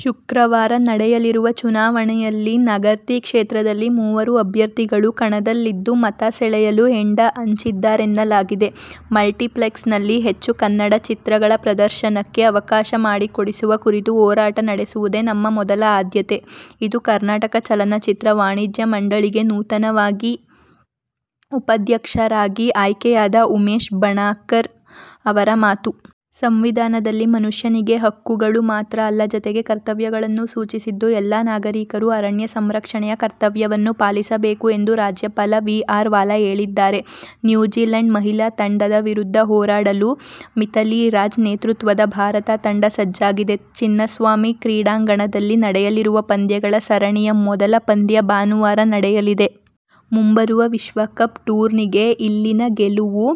ಶುಕ್ರವಾರ ನಡೆಯಲಿರುವ ಚುನಾವಣೆಯಲ್ಲಿ ನಗರ್ತಿ ಕ್ಷೇತ್ರದಲ್ಲಿ ಮೂವರು ಅಭ್ಯರ್ಥಿಗಳು ಕಣದಲ್ಲಿದ್ದು, ಮತ ಸೆಳೆಯಲು ಹೆಂಡ ಹಂಚಿದ್ದರೆನ್ನಲಾಗಿದೆ. "ಮಲ್ಟಿಪ್ಲೆಕ್ಸ್ನಲ್ಲಿ ಹೆಚ್ಚು ಕನ್ನಡ ಚಿತ್ರಗಳ ಪ್ರದರ್ಶನಕ್ಕೆ ಅವಕಾಶ ಮಾಡಿಕೊಡಿಸುವ ಕುರಿತು ಹೋರಾಟ ನಡೆಸುವುದೇ ನಮ್ಮ ಮೊದಲ ಆದ್ಯತೆ' ಇದು ಕರ್ನಾಟಕ ಚಲನಚಿತ್ರ ವಾಣಿಜ್ಯ ಮಂಡಳಿಗೆ ನೂತನವಾಗಿ ಉಪಾಧ್ಯಕ್ಷರಾಗಿ ಆಯ್ಕೆಯಾದ ಉಮೇಶ್ ಬಣಕಾರ್ ಅವರ ಮಾತು. ಸಂವಿಧಾನದಲ್ಲಿ ಮನುಷ್ಯನಿಗೆ ಹಕ್ಕುಗಳು ಮಾತ್ರ ಅಲ್ಲ. ಜತೆಗೆ ಕರ್ತವ್ಯಗಳನ್ನೂ ಸೂಚಿಸಿದ್ದು ಎಲ್ಲಾ ನಾಗರೀಕರು ಅರಣ್ಯ ಸಂರಕ್ಷಣೆಯ ಕರ್ತವ್ಯವನ್ನು ಪಾಲಿಸಬೇಕು ಎಂದು ರಾಜ್ಯಪಾಲ ವಿ. ಆರ್. ವಾಲಾ ಹೇಳಿದ್ದಾರೆ. ನ್ಯೂಜಿಲೆಂಡ್ ಮಹಿಳಾ ತಂಡದ ವಿರುದ್ಧ ಹೋರಾಡಲು ಮಿಥಾಲಿ ರಾಜ್ ನೇತೃತ್ವದ ಭಾರತ ತಂಡ ಸಜ್ಜಾಗಿದೆ. ಚಿನ್ನಸ್ವಾಮಿ ಕ್ರೀಡಾಂಗಣದಲ್ಲಿ ನಡೆಯಲಿರುವ ಪಂದ್ಯಗಳ ಸರಣಿಯ ಮೊದಲ ಪಂದ್ಯ ಭಾನುವಾರ ನಡೆಯಲಿದೆ. ಮುಂಬರುವ ವಿಶ್ವಕಪ್ ಟೂರ್ನಿಗೆ ಇಲ್ಲಿನ ಗೆಲುವು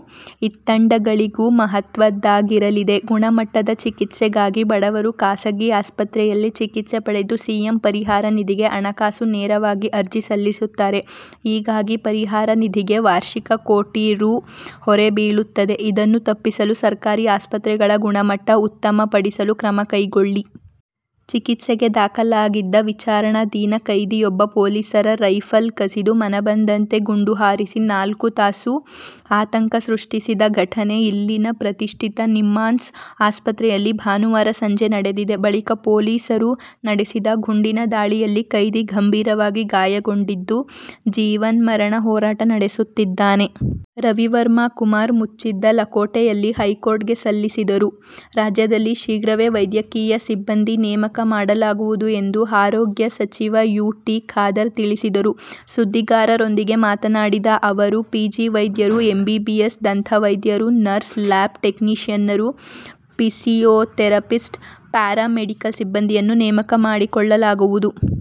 ಇತ್ತಂಡಗಳಿಗೂ ಮಹತ್ವದ್ದಾಗಿರಲಿದೆ. ಗುಣಮಟ್ಟದ ಚಿಕಿತ್ಸೆಗಾಗಿ ಬಡವರು ಖಾಸಗಿ ಆಸ್ಪತ್ರೆಯಲ್ಲಿ ಚಿಕಿತ್ಸೆ ಪಡೆದು ಸಿಎಂ ಪರಿಹಾರ ನಿಧಿಗೆ ಹಣಕಾಸು ನೆರವಿಗಾಗಿ ಅರ್ಜಿ ಸಲ್ಲಿಸುತ್ತಾರೆ. ಹೀಗಾಗಿ ಪರಿಹಾರ ನಿಧಿಗೆ ವಾರ್ಷಿಕ ಕೋಟಿ ರೂ. ಹೊರೆ ಬೀಳುತ್ತಿದೆ. ಇದನ್ನು ತಪ್ಪಿಸಲು ಸರ್ಕಾರಿ ಆಸ್ಪತ್ರೆಗಳ ಗುಣಮಟ್ಟ ಉತ್ತಮಪಡಿಸಲು ಕ್ರಮ ಕೈಗೊಳ್ಳಿ. ಚಿಕಿತ್ಸೆಗೆ ದಾಖಲಾಗಿದ್ದ ವಿಚಾರಣಾಧೀನ ಕೈದಿಯೊಬ್ಬ ಪೊಲೀಸರ ರೈಫಲ್ ಕಸಿದು ಮನಬಂದಂತೆ ಗುಂಡು ಹಾರಿಸಿ ನಾಲ್ಕು ತಾಸು ಆತಂಕ ಸೃಷ್ಟಿಸಿದ ಘಟನೆ ಇಲ್ಲಿನ ಪ್ರತಿಷ್ಠಿತ ನಿಮ್ಹಾನ್ಸ್ ಆಸ್ಪತ್ರೆಯಲ್ಲಿ ಭಾನುವಾರ ಸಂಜೆ ನಡೆದಿದೆ. ಬಳಿಕ ಪೊಲೀಸರು ನಡೆಸಿದ ಗುಂಡಿನ ದಾಳಿಯಲ್ಲಿ ಕೈದಿ ಗಂಭೀರವಾಗಿ ಗಾಯಗೊಂಡಿದ್ದು, ಜೀವನ್ಮರಣ ಹೋರಾಟ ನಡೆಸುತ್ತಿದ್ದಾನೆ. ರವಿವರ್ಮಾ ಕುಮಾರ್ ಮುಚ್ಚಿದ ಲಕೋಟೆಯಲ್ಲಿ ಹೈಕೋರ್ಟ್ ಗೆ ಸಲ್ಲಿಸಿದರು. ರಾಜ್ಯದಲ್ಲಿ ಶೀಘ್ರವೇ ವೈದ್ಯಕೀಯ ಸಿಬ್ಬಂದಿ ನೇಮಕ ಮಾಡಲಾಗುವುದು ಎಂದು ಆರೋಗ್ಯ ಸಚಿವ ಯು. ಟಿ. ಖಾದರ್ ತಿಳಿಸಿದರು. ಸುದ್ದಿಗಾರರೊಂದಿಗೆ ಮಾತನಾಡಿದ ಅವರು, ಪಿಜಿ ವೈದ್ಯರು, ಎಂಬಿಬಿಎಸ್, ದಂತವೈದ್ಯರು, nurse, lab technician, physiotherapist, paramedical ಸಿಬ್ಬಂದಿಯನ್ನು ನೇಮಕ ಮಾಡಿಕೊಳ್ಳಲಾಗುವುದು.